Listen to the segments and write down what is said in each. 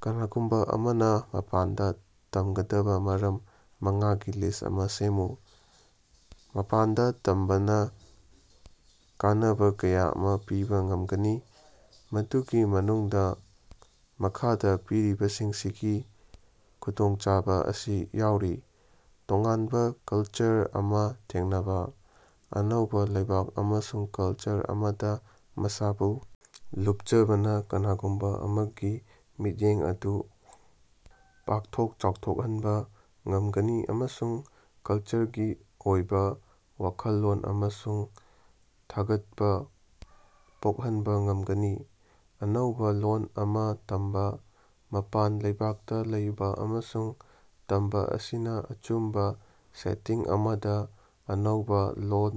ꯀꯅꯥꯒꯨꯝꯕ ꯑꯃꯅ ꯃꯄꯥꯟꯗ ꯇꯝꯒꯗꯕ ꯃꯔꯝ ꯃꯉꯥꯒꯤ ꯂꯤꯁ ꯑꯃꯥ ꯁꯦꯝꯃꯨ꯫ ꯃꯄꯥꯟꯗ ꯇꯝꯕꯅ ꯀꯥꯟꯅꯕ ꯀꯌꯥ ꯑꯃ ꯄꯤꯕ ꯉꯝꯒꯅꯤ, ꯃꯗꯨꯒꯤ ꯃꯅꯨꯡꯗ ꯃꯈꯥꯗ ꯄꯤꯔꯤꯕꯁꯤꯡꯁꯤꯒꯤ ꯈꯨꯗꯣꯡꯆꯥꯕ ꯑꯁꯤ ꯌꯥꯎꯔꯤ: ꯇꯣꯉꯥꯟꯕ ꯀꯜꯆꯔ ꯑꯃ ꯊꯦꯡꯅꯕ, ꯑꯅꯧꯕ ꯂꯩꯕꯥꯛ ꯑꯃꯁꯨꯡ ꯀꯜꯆꯔ ꯑꯃꯗ ꯃꯁꯥꯕꯨ ꯂꯨꯞꯆꯕꯅ ꯀꯅꯥꯒꯨꯝꯕ ꯑꯃꯒꯤ ꯃꯤꯠꯌꯦꯡ ꯑꯗꯨ ꯄꯥꯛꯊꯣꯛ ꯆꯥꯎꯊꯣꯛꯍꯟꯕ ꯉꯝꯒꯅꯤ ꯑꯃꯁꯨꯡ ꯀꯜꯆꯔꯒꯤ ꯑꯣꯏꯕ ꯋꯥꯈꯜꯂꯣꯟ ꯑꯃꯁꯨꯡ ꯊꯥꯒꯠꯄ ꯄꯣꯛꯍꯟꯕ ꯉꯝꯒꯅꯤ꯫ ꯑꯅꯧꯕ‌ ꯂꯣꯜ ꯑꯃ ꯇꯝꯕ, ꯃꯄꯥꯟ ꯂꯩꯕꯥꯛꯇ ꯂꯩꯕ ꯑꯃꯁꯨꯡ ꯇꯝꯕ ꯑꯁꯤꯅ ꯑꯆꯨꯝꯕ‌ ꯁꯦꯇꯤꯡ ꯑꯃꯗ‌ ꯑꯅꯧꯕ ꯂꯣꯜ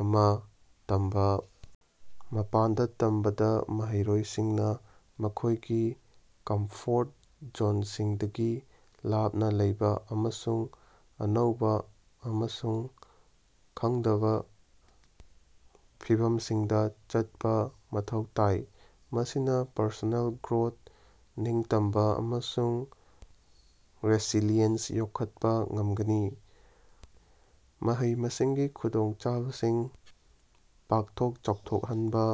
ꯑꯃ ꯇꯝꯕ ꯃꯄꯥꯟꯗ ꯇꯝꯕꯗꯥ ꯃꯍꯩꯔꯣꯏꯁꯤꯡꯅ ꯃꯈꯣꯏꯒꯤ ꯀꯝꯐꯣꯔꯠ ꯖꯣꯟꯁꯤꯡꯗꯒꯤ ꯂꯥꯞꯅ ꯂꯩꯕ ꯑꯃꯁꯨꯡ ꯑꯅꯧꯕ ꯑꯃꯁꯨꯡ ꯈꯪꯗꯕ ꯐꯤꯚꯝꯁꯤꯡꯗ ꯆꯠꯄ‌ ꯃꯊꯧ ꯇꯥꯏ, ꯃꯁꯤꯅ ꯄꯔꯁꯣꯅꯦꯜ ꯒ꯭ꯔꯣꯊ, ꯅꯤꯡꯇꯝꯕ ꯑꯃꯁꯨꯡ ꯔꯦꯁꯤꯂꯤꯌꯦꯟꯁ ꯌꯣꯛꯈꯠꯄ ꯉꯝꯒꯅꯤ꯫ ꯃꯍꯩ-ꯃꯁꯤꯡꯒꯤ ꯈꯨꯗꯣꯡꯆꯥꯕꯁꯤꯡ ꯄꯥꯛꯊꯣꯛ ꯆꯥꯎꯊꯣꯛꯍꯟꯕ: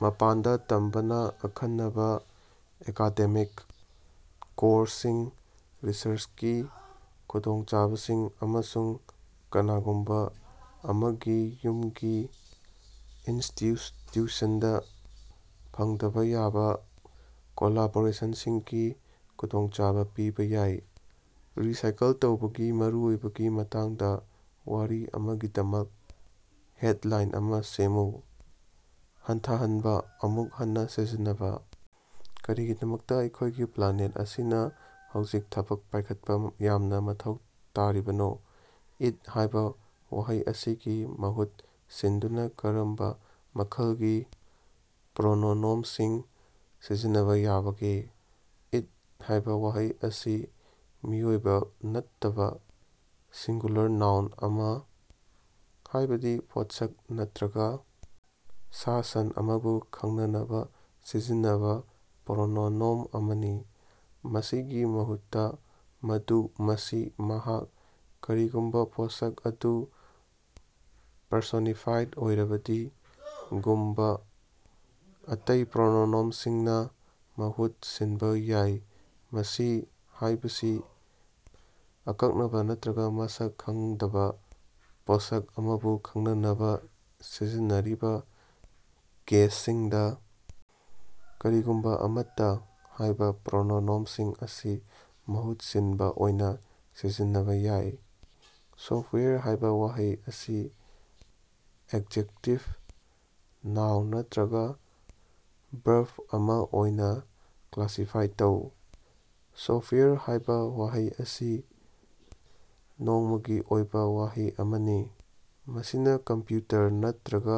ꯃꯄꯥꯟꯗ ꯇꯝꯕꯅ ꯑꯈꯟꯅꯕ ꯑꯦꯀꯥꯗꯦꯃꯤꯛ ꯀꯣꯔ꯭ꯁꯁꯤꯡ, ꯔꯤꯁꯔꯆꯀꯤ ꯈꯨꯗꯣꯡꯆꯥꯕꯁꯤꯡ, ꯑꯃꯁꯨꯡ ꯀꯅꯥꯒꯨꯝꯕ ꯑꯃꯒꯤ ꯌꯨꯝꯒꯤ ꯏꯟꯁꯇꯤꯇ꯭ꯌꯨꯁꯟꯗ ꯐꯪꯗꯕ ꯌꯥꯕ ꯀꯣꯂꯥꯕꯣꯔꯦꯁꯟꯁꯤꯡꯒꯤ ꯈꯨꯗꯣꯡꯆꯥꯕ ꯄꯤꯕ ꯌꯥꯏ꯫ ꯔꯤꯁꯥꯏꯀꯜ ꯇꯧꯕꯒꯤ ꯃꯔꯨꯑꯣꯏꯕꯒꯤ ꯃꯇꯥꯡꯗꯥ ꯋꯥꯔꯤ ꯑꯃꯒꯤꯗꯃꯛ ꯍꯦꯗꯂꯥꯏꯟ ꯑꯃꯥ ꯁꯦꯝꯃꯨ꯫ "ꯍꯟꯊꯍꯟꯕ, ꯑꯃꯨꯛ ꯍꯟꯅꯥ ꯁꯤꯖꯤꯟꯅꯕ! ꯀꯔꯤꯒꯤꯗꯃꯛꯇ ꯑꯩꯈꯣꯏꯒꯤ ꯄ꯭ꯂꯥꯅꯦꯠ ꯑꯁꯤꯅ ꯍꯧꯖꯤꯛ ꯊꯕꯛ ꯄꯥꯏꯈꯠꯄ ꯌꯥꯝꯅ ꯃꯊꯧ ꯇꯥꯔꯤꯕꯅꯣ?" 'ꯏꯠ' ꯍꯥꯏꯕꯥ ꯋꯥꯍꯩ ꯑꯁꯤꯒꯤ ꯃꯍꯨꯠ ꯁꯤꯟꯗꯨꯅ ꯀꯔꯝꯕ ꯃꯈꯜꯒꯤ ꯄ꯭ꯔꯣꯅꯣꯅꯣꯝꯁꯤꯡ ꯁꯤꯖꯤꯟꯅꯕ ꯌꯥꯕꯒꯦ? "ꯏꯠ" ꯍꯥꯏꯕꯥ ꯋꯥꯍꯩ ꯑꯁꯤ ꯃꯤꯑꯣꯏꯕ ꯅꯠꯇꯕꯥ ꯁꯤꯡꯒ꯭ꯌꯨꯂꯔ ꯅꯥꯎꯟ ꯑꯃ ꯍꯥꯏꯕꯗꯤ ꯄꯣꯠꯁꯛ ꯅꯠꯇ꯭ꯔꯒ ꯁꯥ-ꯁꯟ ꯑꯃꯕꯨ ꯈꯪꯅꯅꯕ ꯁꯤꯖꯤꯟꯅꯕꯥ ꯄ꯭ꯔꯣꯅꯣꯅꯣꯝ ꯑꯃꯅꯤ꯫ ꯃꯁꯤꯒꯤ ꯃꯍꯨꯠꯇꯥ "ꯃꯗꯨ", "ꯃꯁꯤ", "ꯃꯍꯥꯛ" (ꯀꯔꯤꯒꯨꯝꯕꯥ ꯄꯣꯠꯁꯛ ꯑꯗꯨ ꯄꯔꯁꯣꯅꯤꯐꯥꯏꯗ ꯑꯣꯏꯔꯕꯗꯤ) ꯒꯨꯝꯕꯥ ꯑꯇꯩ ꯄ꯭ꯔꯣꯅꯣꯅꯣꯝꯁꯤꯡꯅ ꯃꯍꯨꯠ ꯁꯤꯟꯕꯥ ꯌꯥꯏ꯫ "ꯃꯁꯤ" ꯍꯥꯏꯕꯁꯤ ꯑꯀꯛꯅꯕ ꯅꯠꯇ꯭ꯔꯒ ꯃꯁꯛ ꯈꯪꯗꯕ ꯄꯣꯠꯁꯛ ꯑꯃꯕꯨ ꯈꯪꯅꯅꯕ ꯁꯤꯖꯤꯟꯅꯔꯤꯕ ꯀꯦꯁꯁꯤꯡꯗ, "ꯀꯔꯤꯒꯨꯝꯕ ꯑꯃꯠꯇ" ꯍꯥꯏꯕ ꯄ꯭ꯔꯣꯅꯣꯅꯣꯝꯁꯤꯡ ꯑꯁꯤ ꯃꯍꯨꯠ ꯁꯤꯟꯕ ꯑꯣꯏꯅ ꯁꯤꯖꯤꯟꯅꯕ ꯌꯥꯏ꯫ "ꯁꯣꯐꯋꯦꯌꯔ" ꯍꯥꯏꯕ ꯋꯥꯍꯩ ꯑꯁꯤ ꯑꯦꯛꯖꯦꯛꯇꯤꯚ, ꯅꯥꯎꯟ ꯅꯠꯇ꯭ꯔꯒ ꯚꯔꯕ ꯑꯃꯥ ꯑꯣꯏꯅ ꯀ꯭ꯂꯥꯁꯤꯐꯥꯏ ꯇꯧ꯫ "ꯁꯣꯐꯋꯦꯌꯔ" ꯍꯥꯏꯕ ꯋꯥꯍꯩ ꯑꯁꯤ ꯅꯣꯡꯃꯒꯤ ꯑꯣꯏꯕ ꯋꯥꯍꯩ ꯑꯃꯅꯤ꯫ ꯃꯁꯤꯅ ꯀꯝꯄ꯭ꯌꯨꯇꯔ ꯅꯠꯇ꯭ꯔꯒ